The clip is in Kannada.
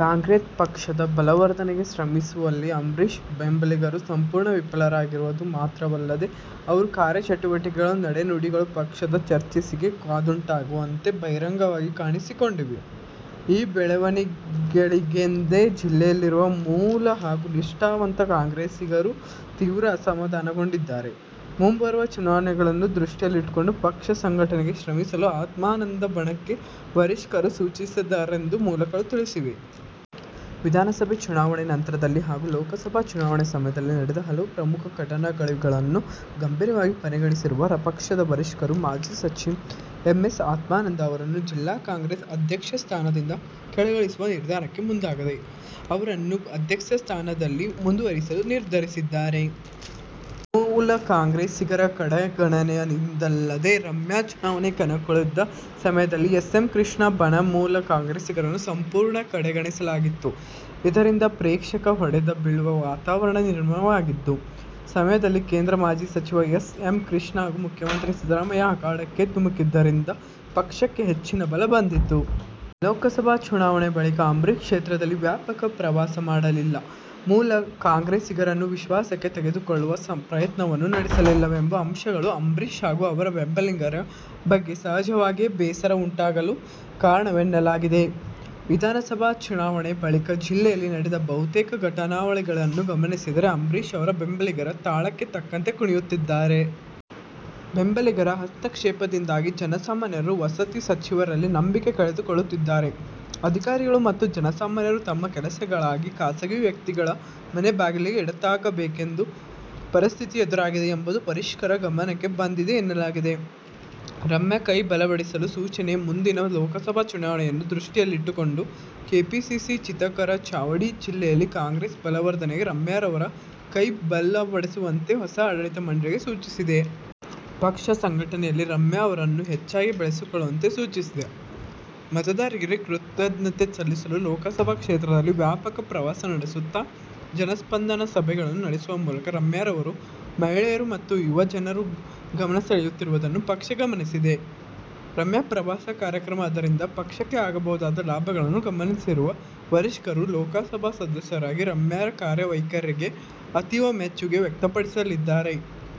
ಕಾಂಗ್ರೆಸ್ ಪಕ್ಷದ ಬಲವರ್ಧನೆಗೆ ಶ್ರಮಿಸುವಲ್ಲಿ ಅಂಬರೀಶ್ ಬೆಂಬಲಿಗರು ಸಂಪೂರ್ಣ ವಿಫಲರಾಗಿರುವುದು ಮಾತ್ರವಲ್ಲದೆ, ಅವರ ಕಾರ್ಯಚಟುವಟಿಕೆಗಳು, ನಡೆ-ನುಡಿಗಳು ಪಕ್ಷದ ವರ್ಚಸ್ಸಿಗೆ ಕುಂದುಂಟಾಗುವಂತೆ ಬಹಿರಂಗವಾಗಿ ಕಾಣಿಸಿಕೊಂಡಿವೆ. ಈ ಬೆಳವಣಿಗೆಗಳಿಂದ ಜಿಲ್ಲೆಯಲ್ಲಿರುವ ಮೂಲ ಹಾಗೂ ನಿಷ್ಠಾವಂತ ಕಾಂಗ್ರೆಸ್ಸಿಗರು ತೀವ್ರ ಅಸಮಾಧಾನಗೊಂಡಿದ್ದಾರೆ. ಮುಂಬರುವ ಚುನಾವಣೆಗಳನ್ನು ದೃಷ್ಟಿಯಲ್ಲಿಟ್ಟುಕೊಂಡು ಪಕ್ಷ ಸಂಘಟನೆಗೆ ಶ್ರಮಿಸಲು ಆತ್ಮಾನಂದ ಬಣಕ್ಕೆ ವರಿಷ್ಠರು ಸೂಚಿಸಿದ್ದಾರೆಂದು ಮೂಲಗಳು ತಿಳಿಸಿವೆ. ವಿಧಾನಸಭೆ ಚುನಾವಣೆ ನಂತರದಲ್ಲಿ ಹಾಗೂ ಲೋಕಸಭಾ ಚುನಾವಣೆ ಸಮಯದಲ್ಲಿ ನಡೆದ ಹಲವು ಪ್ರಮುಖ ಘಟನಾವಳಿಗಳನ್ನು ಗಂಭೀರವಾಗಿ ಪರಿಗಣಿಸಿರುವ ಪಕ್ಷದ ವರಿಷ್ಠರು ಮಾಜಿ ಸಚಿವ ಎಂ. ಎಸ್. ಆತ್ಮಾನಂದ ಅವರನ್ನು ಜಿಲ್ಲಾ ಕಾಂಗ್ರೆಸ್ ಅಧ್ಯಕ್ಷ ಸ್ಥಾನದಿಂದ ಕೆಳಗಿಳಿಸುವ ನಿರ್ಧಾರಕ್ಕೆ ಮುಂದಾಗದೆ ಅವರನ್ನೇ ಅಧ್ಯಕ್ಷ ಸ್ಥಾನದಲ್ಲಿ ಮುಂದುವರೆಸಲು ನಿರ್ಧರಿಸಿದ್ದಾರೆ. ಮೂಲ ಕಾಂಗ್ರೆಸ್ಸಿಗರ ಕಡೆಗಣನೆ:ಇದಲ್ಲದೆ ರಮ್ಯಾ ಚುನಾವಣಾ ಕಣಕ್ಕಿಳಿದ ಸಮಯದಲ್ಲಿ ಎಸ್. ಎಂ. ಕೃಷ್ಣ ಬಣ ಮತ್ತು ಮೂಲ ಕಾಂಗ್ರೆಸ್ಸಿಗರನ್ನು ಸಂಪೂರ್ಣ ಕಡೆಗಣಿಸಲಾಗಿತ್ತು. ಇದರಿಂದ ಪಕ್ಷಕ್ಕೆ ಹೊಡೆತ ಬೀಳುವ ವಾತಾವರಣ ನಿರ್ಮಾಣವಾಗಿದ್ದ ಸಮಯದಲ್ಲಿ ಕೇಂದ್ರ ಮಾಜಿ ಸಚಿವ ಎಸ್. ಎಂ. ಕೃಷ್ಣ ಹಾಗೂ ಮುಖ್ಯಮಂತ್ರಿ ಸಿದ್ದರಾಮಯ್ಯ ಅಖಾಡಕ್ಕೆ ಧುಮುಕಿದ್ದರಿಂದ ಪಕ್ಷಕ್ಕೆ ಹೆಚ್ಚಿನ ಬಲ ಬಂದಿತು. ಲೋಕಸಭೆ ಚುನಾವಣೆ ಬಳಿಕ ಅಂಬರೀಶ್ ಕ್ಷೇತ್ರದಲ್ಲಿ ವ್ಯಾಪಕ ಪ್ರವಾಸ ಮಾಡಲಿಲ್ಲ. ಮೂಲ ಕಾಂಗ್ರೆಸ್ಸಿಗರನ್ನು ವಿಶ್ವಾಸಕ್ಕೆ ತೆಗೆದುಕೊಳ್ಳುವ ಪ್ರಯತ್ನವನ್ನೂ ನಡೆಸಲಿಲ್ಲವೆಂಬ ಅಂಶಗಳು ಅಂಬರೀಶ್ ಹಾಗೂ ಅವರ ಬೆಂಬಲಿಗರ ಬಗ್ಗೆ ಸಹಜವಾಗಿಯೇ ಬೇಸರ ಉಂಟಾಗಲು ಕಾರಣವೆನ್ನಲಾಗಿದೆ. ವಿಧಾನಸಬೆ ಚುನಾವಣೆ ಬಳಿಕ ಜಿಲ್ಲೆಯಲ್ಲಿ ನಡೆದ ಬಹುತೇಕ ಘಟನಾವಳಿಗಳನ್ನು ಗಮನಿಸಿದರೆ ಅಂಬರೀಶ್ ಅವರ ಬೆಂಬಲಿಗರ ತಾಳಕ್ಕೆ ತಕ್ಕಂತೆ ಕುಣಿಯುತ್ತಿದ್ದಾರೆ. ಬೆಂಬಲಿಗರ ಹಸ್ತಕ್ಷೇಪದಿಂದಾಗಿ ಜನಸಾಮಾನ್ಯರು ವಸತಿ ಸಚಿವರಲ್ಲಿ ನಂಬಿಕೆ ಕಳೆದುಕೊಳ್ಳುತ್ತಿದ್ದಾರೆ. ಅಧಿಕಾರಿಗಳು ಮತ್ತು ಜನಸಾಮಾನ್ಯರು ತಮ್ಮ ಕೆಲಸಗಳಿಗೆ ಖಾಸಗಿ ವ್ಯಕ್ತಿಗಳ ಮನೆ ಬಾಗಿಲಿಗೆ ಎಡತಾಕಬೇಕಾದ ಪರಿಸ್ಥಿತಿ ಎದುರಾಗಿದೆ ಎಂಬುದು ವರಿಷ್ಠರ ಗಮನಕ್ಕೆ ಬಂದಿದೆ ಎನ್ನಲಾಗಿದೆ. ರಮ್ಯಾ ಕೈ ಬಲಪಡಿಸಲು ಸೂಚನೆ:ಮುಂದಿನ ಲೋಕಸಭಾ ಚುನಾವಣೆಯನ್ನು ದೃಷ್ಟಿಯಲ್ಲಿಟ್ಟುಕೊಂಡು ಕೆಪಿಸಿಸಿ ಚಿಂತಕರ ಚಾವಡಿ ಜಿಲ್ಲೆಯಲ್ಲಿ ಕಾಂಗ್ರೆಸ್ ಬಲವರ್ಧನೆಗೆ ರಮ್ಯಾರವರ ಕೈ ಬಲಪಡಿಸುವಂತೆ ಹೊಸ ಆಡಳಿತ ಮಂಡಳಿಗೆ ಸೂಚಿಸಿದೆ. ಪಕ್ಷ ಸಂಘಟನೆಯಲ್ಲಿ ರಮ್ಯಾ ಅವರನ್ನು ಹೆಚ್ಚಾಗಿ ಬಳಸಿಕೊಳ್ಳುವಂತೆ ಸೂಚಿಸಿದೆ. ಮತದಾರರಿಗೆ ಕೃತಜ್ಞತೆ ಸಲ್ಲಿಸಲು ಲೋಕಸಬಾ ಕ್ಷೇತ್ರದಲ್ಲಿ ವ್ಯಾಪಕ ಪ್ರವಾಸ ನಡೆಸುತ್ತಾ, ಜನಸ್ಪಂದನ ಸಭೆಗಳನ್ನು ನಡೆಸುವ ಮೂಲಕ ರಮ್ಯಾರವರು ಮಹಿಳೆಯರು ಮತ್ತು ಯುವ ಜನರ ಗಮನಸೆಳೆಯುತ್ತಿರುವುದನ್ನು ಪಕ್ಷ ಗಮನಿಸಿದೆ. ರಮ್ಯಾ ಪ್ರವಾಸ ಕಾರ್ಯಕ್ರಮ, ಅದರಿಂದ ಪಕ್ಷಕ್ಕೆ ಆಗಬಹುದಾದ ಲಾಭಗಳನ್ನು ಗಮನಿಸಿರುವ ವರಿಷ್ಠರು ಲೋಕಸಭಾ ಸದಸ್ಯರಾಗಿ ರಮ್ಯಾರ ಕಾರ್ಯವೈಖರಿಗೆ ಅತೀವ ಮೆಚ್ಚುಗೆ ವ್ಯಕ್ತಪಡಿಸಿದ್ದಾರೆನ್ನಲಾಗಿದೆ.